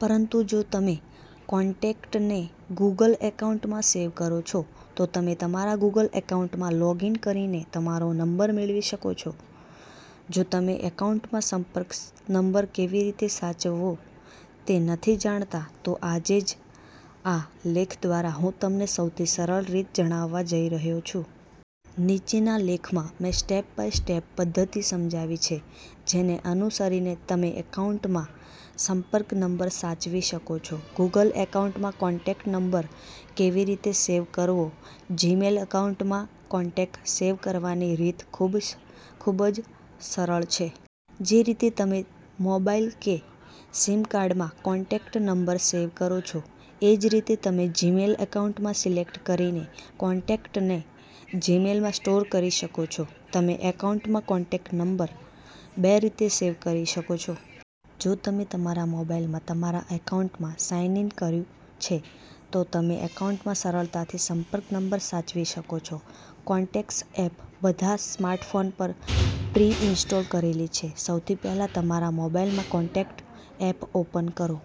પરંતુ જો તમે કોન્ટેક્ટને ગૂગલ એકાઉન્ટમાં સેવ કરો છો તો તમે તમારા ગૂગલ એકાઉન્ટમાં લોગીન કરીને તમારો નંબર મેળવી શકો છોજો તમે એકાઉન્ટમાં સંપર્ક નંબર કેવી રીતે સાચવવો તે નથી જાણતા, તો આજે આ લેખ દ્વારા હું તમને સૌથી સરળ રીત જણાવવા જઈ રહ્યો છું. નીચેના લેખમાં, મેં સ્ટેપ બાય સ્ટેપ પદ્ધતિ સમજાવી છે, જેને અનુસરીને તમે એકાઉન્ટમાં સંપર્ક નંબર સાચવી શકો છો. ગૂગલ એકાઉન્ટમાં કોન્ટેક્ટ નંબર કેવી રીતે સેવ કરવોજીમેલ એકાઉન્ટમાં કોન્ટેક્ટ સેવ કરવાની રીત ખૂબ જ સરળ છે. જે રીતે તમે મોબાઈલ કે સિમ કાર્ડમાં કોન્ટેક્ટ નંબર સેવ કરો છો, એ જ રીતે તમે જીમેલ એકાઉન્ટ સિલેક્ટ કરીને કોન્ટેક્ટને જીમેલમાં સ્ટોર કરી શકો છો. તમે એકાઉન્ટમાં કોન્ટેક્ટ નંબર બે રીતે સેવ કરી શકો છો. જો તમે તમારા મોબાઇલમાં તમારા એકાઉન્ટમાં સાઇન ઇન કર્યું છે તો તમે એકાઉન્ટમાં સરળતાથી સંપર્ક નંબર સાચવી શકો છો. કોન્ટેક્ટ્સ એપ બધા સ્માર્ટફોન પર પ્રી-ઇન્સ્ટોલ કરેલી છે. સૌથી પહેલા તમારા મોબાઈલમાં કોન્ટેક્ટ એપ ઓપન કરો.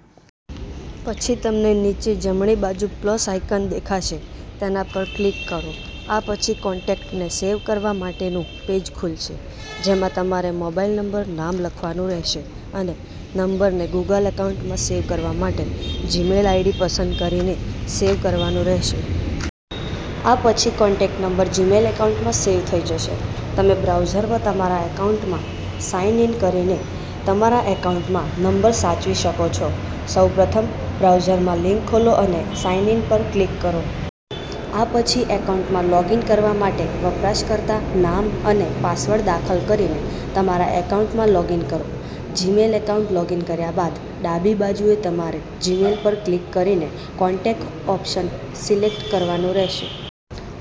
પછી તમને નીચે જમણી બાજુ પ્લસ આઇકન દેખાશે, તેના પર ક્લિક કરો. આ પછી, કોન્ટેક્ટને સેવ કરવા માટેનું પેજ ખુલશે, જેમાં તમારે મોબાઈલ નંબર, નામ લખવાનું રહેશે અને નંબરને ગૂગલ એકાઉન્ટમાં સેવ કરવા માટે જીમેલ આઈડી પસંદ કરીને સેવ કરવાનું રહેશે. આ પછી કોન્ટેક્ટ નંબર જીમેલ એકાઉન્ટમાં સેવ થઈ જશે. તમે બ્રાઉઝરમાં તમારા એકાઉન્ટમાં સાઇન ઇન કરીને તમારા એકાઉન્ટમાં નંબર સાચવી શકો છો. સૌ પ્રથમ, બ્રાઉઝરમાં. લિંક ખોલો અને સાઇન ઇન પર ક્લિક કરો. આ પછી, એકાઉન્ટમાં લૉગિન કરવા માટે વપરાશકર્તા નામ અને પાસવર્ડ દાખલ કરીને તમારા એકાઉન્ટમાં લોગિન કરો. જીમેલ એકાઉન્ટ લોગીન કર્યા બાદ ડાબી બાજુએ તમારે જીમેલ પર ક્લિક કરીને કોન્ટેક્ટ ઓપ્શન સિલેક્ટ કરવાનું રહેશે.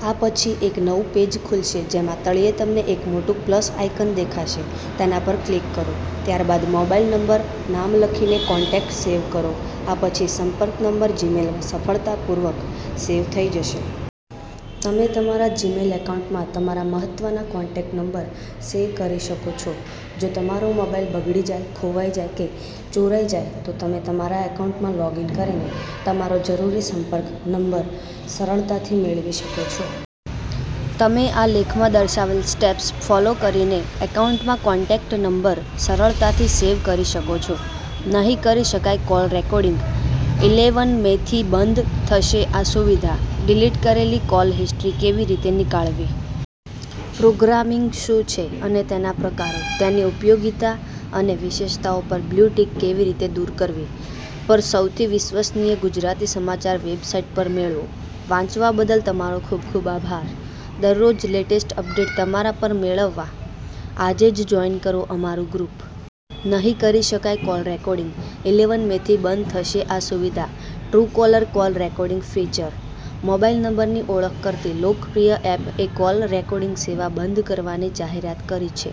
આ પછી એક નવું પેજ ખુલશે જેમાં તળિયે તમને એક મોટું પ્લસ આઇકન દેખાશે, તેના પર ક્લિક કરો. ત્યારબાદ મોબાઈલ નંબર, નામ લખીને કોન્ટેક્ટ સેવ કરો. આ પછી સંપર્ક નંબર જીમેલમાં સફળતાપૂર્વક સેવ થઈ જશે. તમે તમારા જીમેલ એકાઉન્ટમાં તમારા મહત્વના કોન્ટેક્ટ નંબર સેવ કરી શકો છો. જો તમારો મોબાઈલ બગડી જાય, ખોવાઈ જાય કે ચોરાઈ જાય, તો તમે તમારા એકાઉન્ટમાં લોગીન કરીને તમારો જરૂરી સંપર્ક નંબર સરળતાથી મેળવી શકો છો. તમે આ લેખમાં દર્શાવેલ સ્ટેપ્સ ફોલો કરીને એકાઉન્ટમાં કોન્ટેક્ટ નંબર સરળતાથી સેવ કરી શકો છો. નહીં કરી શકાય કોલ રેકોર્ડિંગ, ઇલેવન મેથી બંધ થશે આ સુવિધા, ડીલીટ કરેલી કોલ હિસ્ટરી કેવી રીતે નીકાળવી? પ્રોગ્રામિંગ શું છે અને તેના પ્રકારો, તેની ઉપયોગિતા અને વિશેષતાઓ પર બ્લુ ટિક કેવી રીતે દૂર કરવી? પર, સૌથી વિશ્વસનીય ગુજરાતી સમાચાર વેબસાઇટ પર મેળવો, વાંચવા બદલ તમારો ખુબ ખુબ આભાર. દરરોજ લેટેસ્ટ અપડેટ તમારા પર મેળવવા આજે જ જોઈન કરો અમારું ગ્રુપ. નહીં કરી શકાય કોલ રેકોર્ડિંગ, ઇલેવન મેથી બંધ થશે આ સુવિધા Truecaller call recording feature. Mobile નંબરની ઓળખ કરતી લોકપ્રિય એપ એ કોલ રેકોર્ડિંગ સેવા બંધ કરવાની જાહેરાત કરી છે.